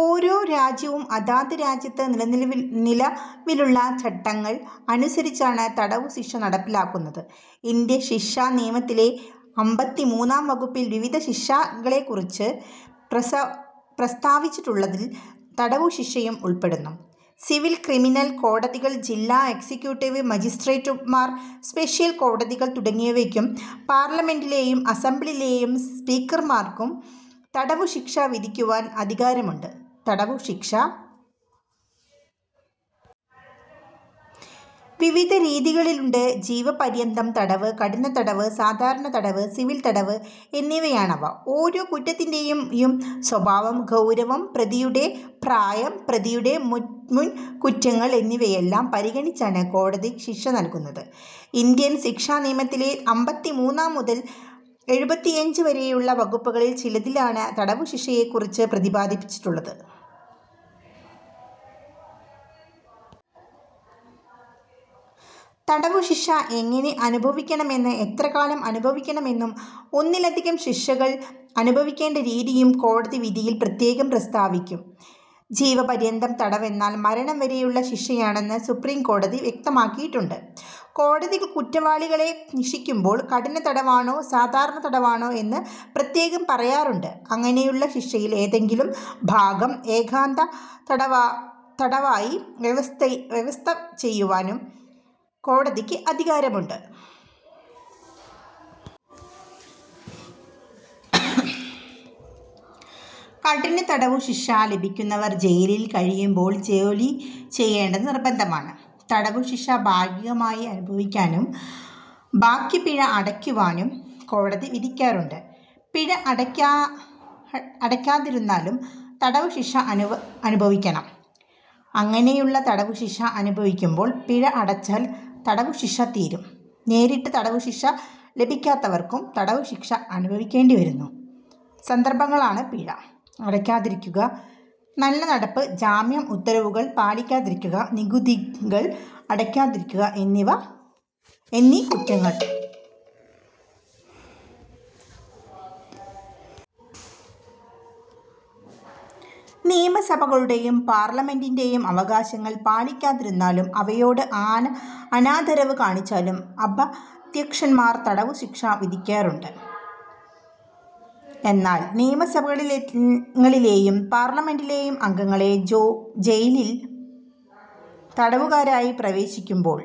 ഓരോ രാജ്യവും അതത് രാജ്യത്ത് നിലവിലുള്ള ചട്ടങ്ങൾ അനുസരിച്ചാണ് തടവുശിക്ഷ നടപ്പിലാക്കുന്നത്. ഇന്ത്യൻ ശിക്ഷാനിയമത്തിലെ അമ്പത്തിമൂന്നാം വകുപ്പിൽ വിവിധ ശിക്ഷകളെക്കുറിച്ച് പ്രസ്താവിച്ചിട്ടുള്ളതിൽ തടവുശിക്ഷയും ഉൾപ്പെടുന്നു. സിവിൽ, ക്രിമിനൽ കോടതികൾ, ജില്ലാ എക്സിക്യൂട്ടീവ് മജിസ്ട്രേട്ടുമാർ, സ്പെഷ്യൽ കോടതികൾ തുടങ്ങിയവയ്ക്കും പാർലമെന്റിലെയും അസംബ്ലിയിലെയും സ്പീക്കർമാർക്കും തടവുശിക്ഷ വിധിക്കുവാൻ അധികാരമുണ്ട്. തടവുശിക്ഷ വിവിധ രീതികളിലുണ്ട്. ജീവപര്യന്തം തടവ്, കഠിനതടവ്, സാധാരണ തടവ്, സിവിൽ തടവ് എന്നിവയാണവ. ഓരോ കുറ്റത്തിൻ്റെ യും സ്വഭാവം, ഗൗരവം, പ്രതിയുടെ പ്രായം, പ്രതിയുടെ മുൻകുറ്റങ്ങൾ എന്നിവയെല്ലാം പരിഗണിച്ചാണ് കോടതി ശിക്ഷ നൽകുന്നത്. ഇന്ത്യൻ ശിക്ഷാനിയമത്തിലെ അമ്പത്തിമൂന്ന് മുതൽ എഴുപത്തിയഞ്ച് വരെയുള്ള വകുപ്പുകളിൽ ചിലതിലാണ് തടവുശിക്ഷയെക്കുറിച്ച് പ്രതിപാദിച്ചിട്ടുള്ളത്. തടവുശിക്ഷ എങ്ങനെ അനുഭവിക്കണമെന്നും എത്രകാലം അനുഭവിക്കണമെന്നും ഒന്നിലധികം ശിക്ഷകൾ അനുഭവിക്കേണ്ട രീതിയും കോടതി വിധിയിൽ പ്രത്യേകം പ്രസ്താവിക്കും. ജീവപര്യന്തം തടവെന്നാൽ മരണം വരെയുള്ള ശിക്ഷയാണെന്ന് സുപ്രീംകോടതി വ്യക്തമാക്കിയിട്ടുണ്ട്. കോടതികൾ കുറ്റവാളികളെ ശിക്ഷിക്കുമ്പോൾ കഠിനതടവാണോ സാധാരണ തടവാണോ എന്ന് പ്രത്യേകം പറയാറുണ്ട്. അങ്ങനെയുള്ള ശിക്ഷയിൽ ഏതെങ്കിലും ഭാഗം ഏകാന്തതടവായി വ്യവസ്ഥ ചെയ്യുവാനും കോടതിക്ക് അധികാരമുണ്ട്. കഠിനതടവുശിക്ഷ ലഭിക്കുന്നവർ ജയിലിൽ കഴിയുമ്പോൾ ജോലി ചെയ്യേണ്ടത് നിർബന്ധമാണ്. തടവുശിക്ഷ ഭാഗികമായി അനുഭവിക്കാനും ബാക്കി പിഴ അടയ്ക്കുവാനും കോടതി വിധിക്കാറുണ്ട്. പിഴ അടയ്ക്കാതിരുന്നാലും തടവുശിക്ഷ അനുഭവിക്കണം. അങ്ങനെയുള്ള തടവുശിക്ഷ അനുഭവിക്കുമ്പോൾ പിഴ അടച്ചാൽ തടവുശിക്ഷ തീരും. നേരിട്ട് തടവുശിക്ഷ ലഭിക്കാത്തവർക്കും തടവുശിക്ഷ അനുഭവിക്കേണ്ടിവരുന്ന സന്ദർഭങ്ങളാണ് പിഴ അടയ്ക്കാതിരിക്കുക, നല്ലനടപ്പ് ജാമ്യ ഉത്തരവുകൾ പാലിക്കാതിരിക്കുക, നികുതികൾ അടയ്ക്കാതിരിക്കുക എന്നീ കുറ്റങ്ങൾ. നിയമസഭകളുടെയും പാർലമെന്റിൻ്റെ യും അവകാശങ്ങൾ പാലിക്കാതിരുന്നാലും അവയോട് അനാദരവ് കാണിച്ചാലും സഭാധ്യക്ഷന്മാർ തടവുശിക്ഷ വിധിക്കാറുണ്ട്. എന്നാൽ നിയമസഭകളിലെയും പാർലമെന്റിലെയും അംഗങ്ങളെ ജയിലിൽ തടവുകാരായി പ്രവേശിപ്പിക്കുമ്പോൾ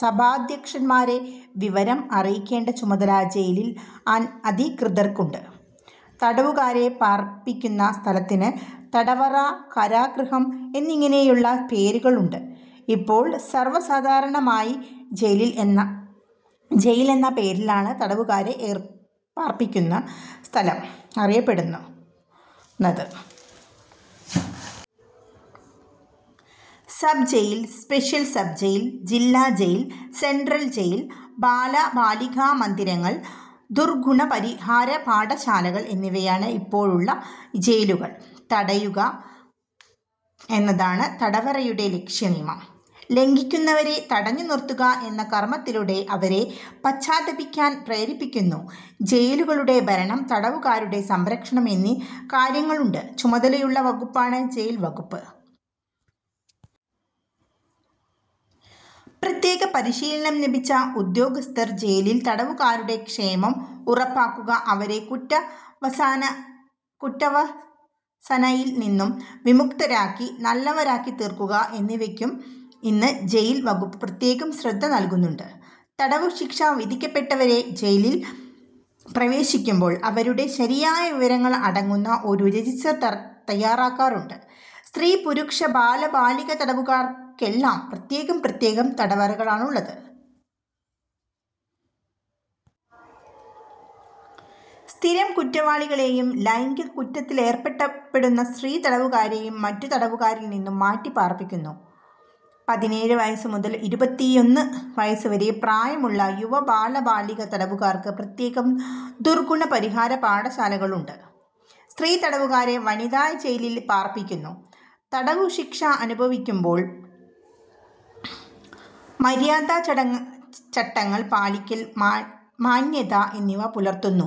സഭാധ്യക്ഷന്മാരെ വിവരം അറിയിക്കേണ്ട ചുമതല ജയിൽ അധികൃതർക്കുണ്ട്. തടവുകാരെ പാർപ്പിക്കുന്ന സ്ഥലത്തിന് തടവറ, കാരാഗൃഹം എന്നിങ്ങനെയുള്ള പേരുകളുണ്ട്. ഇപ്പോൾ സർവസാധാരണമായി ജയിൽ എന്ന പേരിലാണ് തടവുകാരെ പാർപ്പിക്കുന്ന സ്ഥലം അറിയപ്പെടുന്നത്. Sub jail, special sub jail, ജില്ലാ ജയിൽ, സെൻട്രൽ ജയിൽ, ബാലബാലികാ മന്ദിരങ്ങൾ, ദുർഗുണപരിഹാര പാഠശാലകൾ എന്നിവയാണ് ഇപ്പോഴുള്ള ജയിലുകൾ. തടയുക എന്നതാണ് തടവറയുടെ ലക്ഷ്യം. നിയമം ലംഘിക്കുന്നവരെ തടഞ്ഞുനിർത്തുക എന്ന കർമ്മത്തിലൂടെ അവരെ പശ്ചാത്തപിക്കാൻ പ്രേരിപ്പിക്കുന്നു. ജയിലുകളുടെ ഭരണം, തടവുകാരുടെ സംരക്ഷണം എന്നീ കാര്യങ്ങളുടെ ചുമതലയുള്ള വകുപ്പാണ് ജയിൽ വകുപ്പ്. പ്രത്യേക പരിശീലനം ലഭിച്ച ഉദ്യോഗസ്ഥർ ജയിലിൽ തടവുകാരുടെ ക്ഷേമം ഉറപ്പാക്കുക, അവരെ കുറ്റവാസനയിൽനിന്ന് വിമുക്തരാക്കി നല്ലവരാക്കിത്തീർക്കുക എന്നിവയ്ക്കും ഇന്ന് ജയിൽ വകുപ്പ് പ്രത്യേക ശ്രദ്ധ നൽകുന്നുണ്ട്. തടവുശിക്ഷ വിധിക്കപ്പെട്ടവരെ ജയിലിൽ പ്രവേശിപ്പിക്കുമ്പോൾ അവരുടെ ശരിയായ വിവരങ്ങൾ അടങ്ങുന്ന ഒരു രജിസ്റ്റർ തയ്യാറാക്കാറുണ്ട്. സ്ത്രീ, പുരുഷ, ബാല, ബാലികാ തടവുകാർക്കെല്ലാം പ്രത്യേകം പ്രത്യേകം തടവറകളാണുള്ളത്. സ്ഥിരം കുറ്റവാളികളെയും ലൈംഗിക കുറ്റത്തിലേർപ്പെടുന്ന സ്ത്രീ തടവുകാരെയും മറ്റു തടവുകാരിൽനിന്ന് മാറ്റി പാർപ്പിക്കുന്നു. പതിനേഴ് വയസ്സുമുതൽ ഇരുപത്തിയൊന്ന് വയസ്സുവരെ പ്രായമുള്ള യുവ, ബാല, ബാലികാ തടവുകാർക്ക് പ്രത്യേകം ദുർഗുണപരിഹാര പാഠശാലകളുണ്ട്. സ്ത്രീ തടവുകാരെ വനിതാ ജയിലിൽ പാർപ്പിക്കുന്നു. തടവുശിക്ഷ അനുഭവിക്കുമ്പോൾ മര്യാദ, ചട്ടങ്ങൾ പാലിക്കൽ, മാന്യത എന്നിവ പുലർത്തുന്ന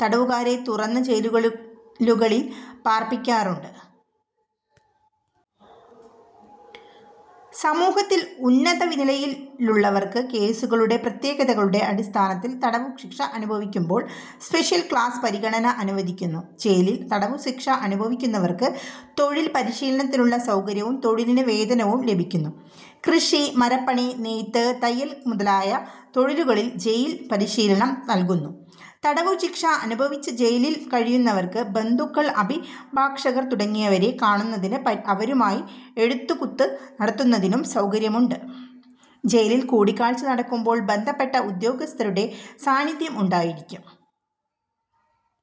തടവുകാരെ തുറന്ന ജയിലുകളിൽ പാർപ്പിക്കാറുണ്ട്. സമൂഹത്തിൽ ഉന്നത നിലയിലുള്ളവർക്ക് കേസുകളുടെ പ്രത്യേകതകളുടെ അടിസ്ഥാനത്തിൽ തടവുശിക്ഷ അനുഭവിക്കുമ്പോൾ സ്പെഷ്യൽ ക്ലാസ് പരിഗണന അനുവദിക്കുന്നു. ജയിലിൽ തടവുശിക്ഷ അനുഭവിക്കുന്നവർക്ക് തൊഴിൽ പരിശീലനത്തിനുള്ള സൗകര്യവും തൊഴിലിന് വേതനവും ലഭിക്കുന്നു. കൃഷി, മരപ്പണി, നെയ്ത്ത്, തയ്യൽ മുതലായ തൊഴിലുകളിൽ ജയിലിൽ പരിശീലനം നൽകുന്നു. തടവുശിക്ഷ അനുഭവിച്ച് ജയിലിൽ കഴിയുന്നവർക്ക് ബന്ധുക്കൾ, അഭിഭാഷകർ തുടങ്ങിയവരെ കാണുന്നതിനും അവരുമായി എഴുത്തുകുത്ത് നടത്തുന്നതിനും സൗകര്യമുണ്ട്. ജയിലിൽ കൂടിക്കാഴ്ച നടക്കുമ്പോൾ ബന്ധപ്പെട്ട ഉദ്യോഗസ്ഥരുടെ സാന്നിധ്യം ഉണ്ടായിരിക്കും.